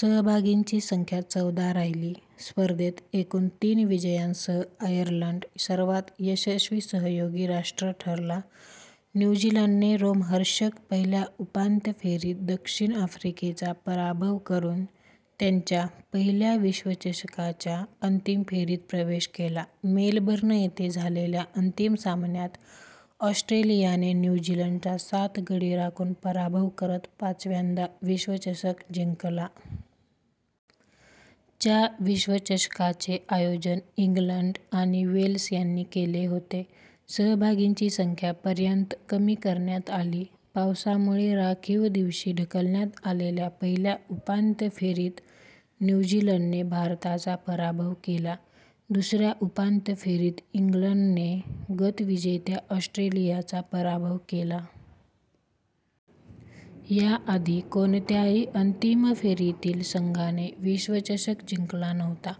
सहभागींची संख्या चौदा राहिली. स्पर्धेत एकूण तीन विजयांसह आयर्लंड सर्वात यशस्वी सहयोगी राष्ट्र ठरला. न्यू झीलंडने रोमहर्षक पहिल्या उपांत्य फेरीत दक्षिण आफ्रिकेचा पराभव करून त्यांच्या पहिल्या विश्वचषकाच्या अंतिम फेरीत प्रवेश केला. मेलबर्न येथे झालेल्या अंतिम सामन्यात ऑस्ट्रेलियाने न्यू झीलंडचा सात गडी राखून पराभव करत पाचव्यांदा विश्वचषक जिंकला.। च्या विश्वचषकाचे आयोजन इंग्लंड आणि वेल्स यांनी केले होते. सहभागींची संख्या पर्यंत कमी करण्यात आली. पावसामुळे राखीव दिवशी ढकलण्यात आलेल्या पहिल्या उपांत्य फेरीत न्यू झीलंडने भारताचा पराभव केला. दुसऱ्या उपांत्य फेरीत इंग्लंडने गतविजेत्या ऑस्ट्रेलियाचा पराभव केला. याआधी कोणत्याही अंतिम फेरीतील संघाने विश्वचषक जिंकला नव्हता.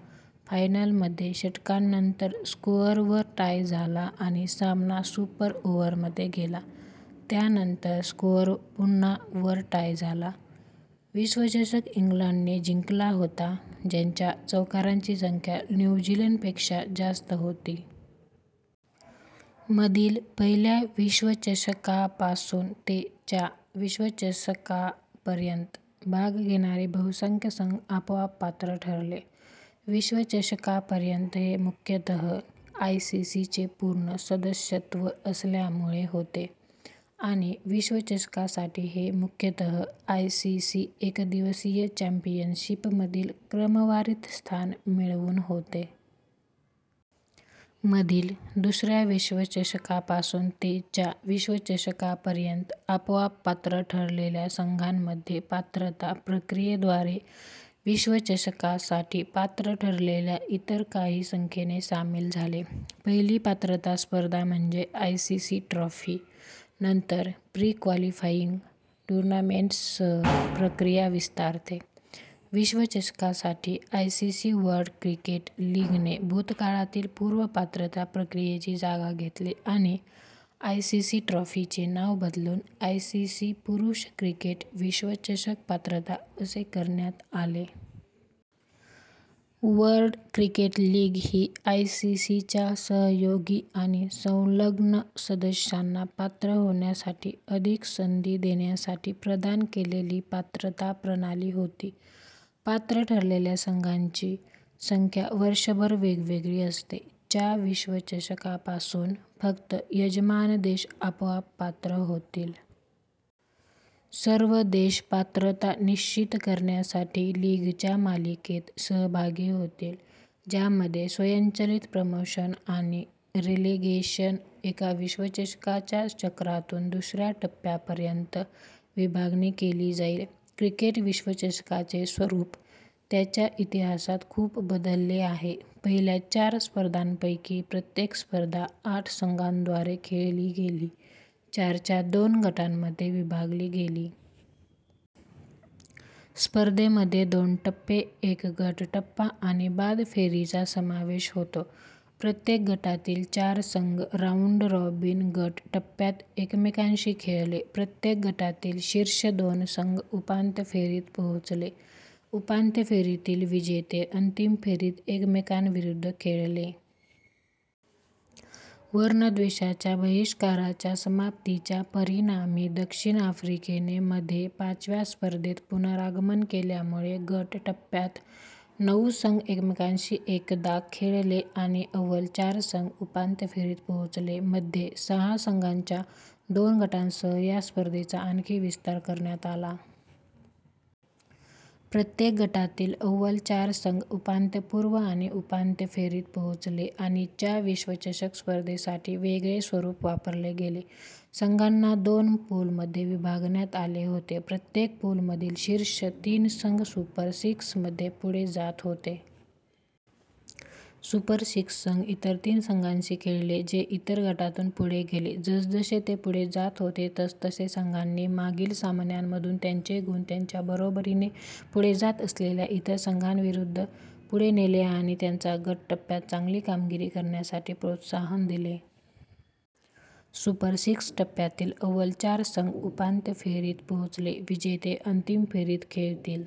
फायनलमध्ये, षटकांनंतर स्कोअर वर टाय झाला आणि सामना सुपर ओव्हरमध्ये गेला, त्यानंतर स्कोअर पुन्हा वर टाय झाला. विश्वचषक इंग्लंडने जिंकला होता, ज्यांच्या चौकारांची संख्या न्यू झीलंडपेक्षा जास्त होती. मधील पहिल्या विश्वचषकापासून ते च्या विश्वचषकापर्यंत, भाग घेणारे बहुसंख्य संघ आपोआप पात्र ठरले. विश्वचषकापर्यंत हे मुख्यतः आयसीसी चे पूर्ण सदस्यत्व असल्यामुळे होते आणि विश्वचषकासाठी हे मुख्यतः आयसीसी एकदिवसीय चॅम्पियनशिपमधील क्रमवारीत स्थान मिळवून होते. मधील दुसऱ्या विश्वचषकापासून ते च्या विश्वचषकापर्यंत, आपोआप पात्र ठरलेल्या संघांमध्ये पात्रता प्रक्रियेद्वारे विश्वचषकासाठी पात्र ठरलेल्या इतर काही संख्येने सामील झाले. पहिली पात्रता स्पर्धा म्हणजे आयसीसी ट्रॉफी; नंतर प्री-क्वालिफायिंग टूर्नामेंट्ससह प्रक्रिया विस्तारते. विश्वचषकासाठी, आयसीसी वर्ल्ड क्रिकेट लीगने भूतकाळातील पूर्व-पात्रता प्रक्रियेची जागा घेतली; आणि "आयसीसी ट्रॉफी" चे नाव बदलून "आयसीसी पुरुष क्रिकेट विश्वचषक पात्रता" असे करण्यात आले. वर्ल्ड क्रिकेट लीग ही आयसीसीच्या सहयोगी आणि संलग्न सदस्यांना पात्र होण्यासाठी अधिक संधी देण्यासाठी प्रदान केलेली पात्रता प्रणाली होती. पात्र ठरलेल्या संघांची संख्या वर्षभर वेगवेगळी असते. च्या विश्वचषकापासून, फक्त यजमान देश आपोआप पात्र होतील. सर्व देश पात्रता निश्चित करण्यासाठी लीगच्या मालिकेत सहभागी होतील, ज्यामध्ये स्वयंचलित प्रमोशन आणि रेलेगेशन एका विश्वचषकाच्या चक्रातून दुसऱ्या टप्प्यापर्यंत विभागणी केली जाईल. क्रिकेट विश्वचषकाचे स्वरूप त्याच्या इतिहासात खूप बदलले आहे. पहिल्या चार स्पर्धांपैकी प्रत्येक स्पर्धा आठ संघांद्वारे खेळली गेली, चारच्या दोन गटांमध्ये विभागली गेली. स्पर्धेमध्ये दोन टप्पे, एक गट टप्पा आणि बाद फेरीचा समावेश होता. प्रत्येक गटातील चार संघ राऊंड-रॉबिन गट टप्प्यात एकमेकांशी खेळले, प्रत्येक गटातील शीर्ष दोन संघ उपांत्य फेरीत पोहोचले. उपांत्य फेरीतील विजेते अंतिम फेरीत एकमेकांविरुद्ध खेळले. वर्णद्वेषाच्या बहिष्काराच्या समाप्तीच्या परिणामी दक्षिण आफ्रिकेने मध्ये पाचव्या स्पर्धेत पुनरागमन केल्यामुळे, गट टप्प्यात नऊ संघ एकमेकांशी एकदा खेळले आणि अव्वल चार संघ उपांत्य फेरीत पोहोचले. मध्ये सहा संघांच्या दोन गटांसह या स्पर्धेचा आणखी विस्तार करण्यात आला. प्रत्येक गटातील अव्वल चार संघ उपांत्यपूर्व आणि उपांत्य फेरीत पोहोचले. आणि च्या विश्वचषक स्पर्धेसाठी वेगळे स्वरूप वापरले गेले. संघांना दोन पूलमध्ये विभागण्यात आले होते, प्रत्येक पूलमधील शीर्ष तीन संघ सुपर सिक्स मध्ये पुढे जात होते. सुपर सिक्स संघ इतर तीन संघांशी खेळले जे इतर गटातून पुढे गेले. जसजसे ते पुढे जात होते, तसतसे संघांनी मागील सामन्यांमधून त्यांचे गुण त्यांच्या बरोबरीने पुढे जात असलेल्या इतर संघांविरुद्ध पुढे नेले आणि त्यांना गट टप्प्यात चांगली कामगिरी करण्यासाठी प्रोत्साहन दिले. "सुपर सिक्स" टप्प्यातील अव्वल चार संघ उपांत्य फेरीत पोहोचले, विजेते अंतिम फेरीत खेळतील.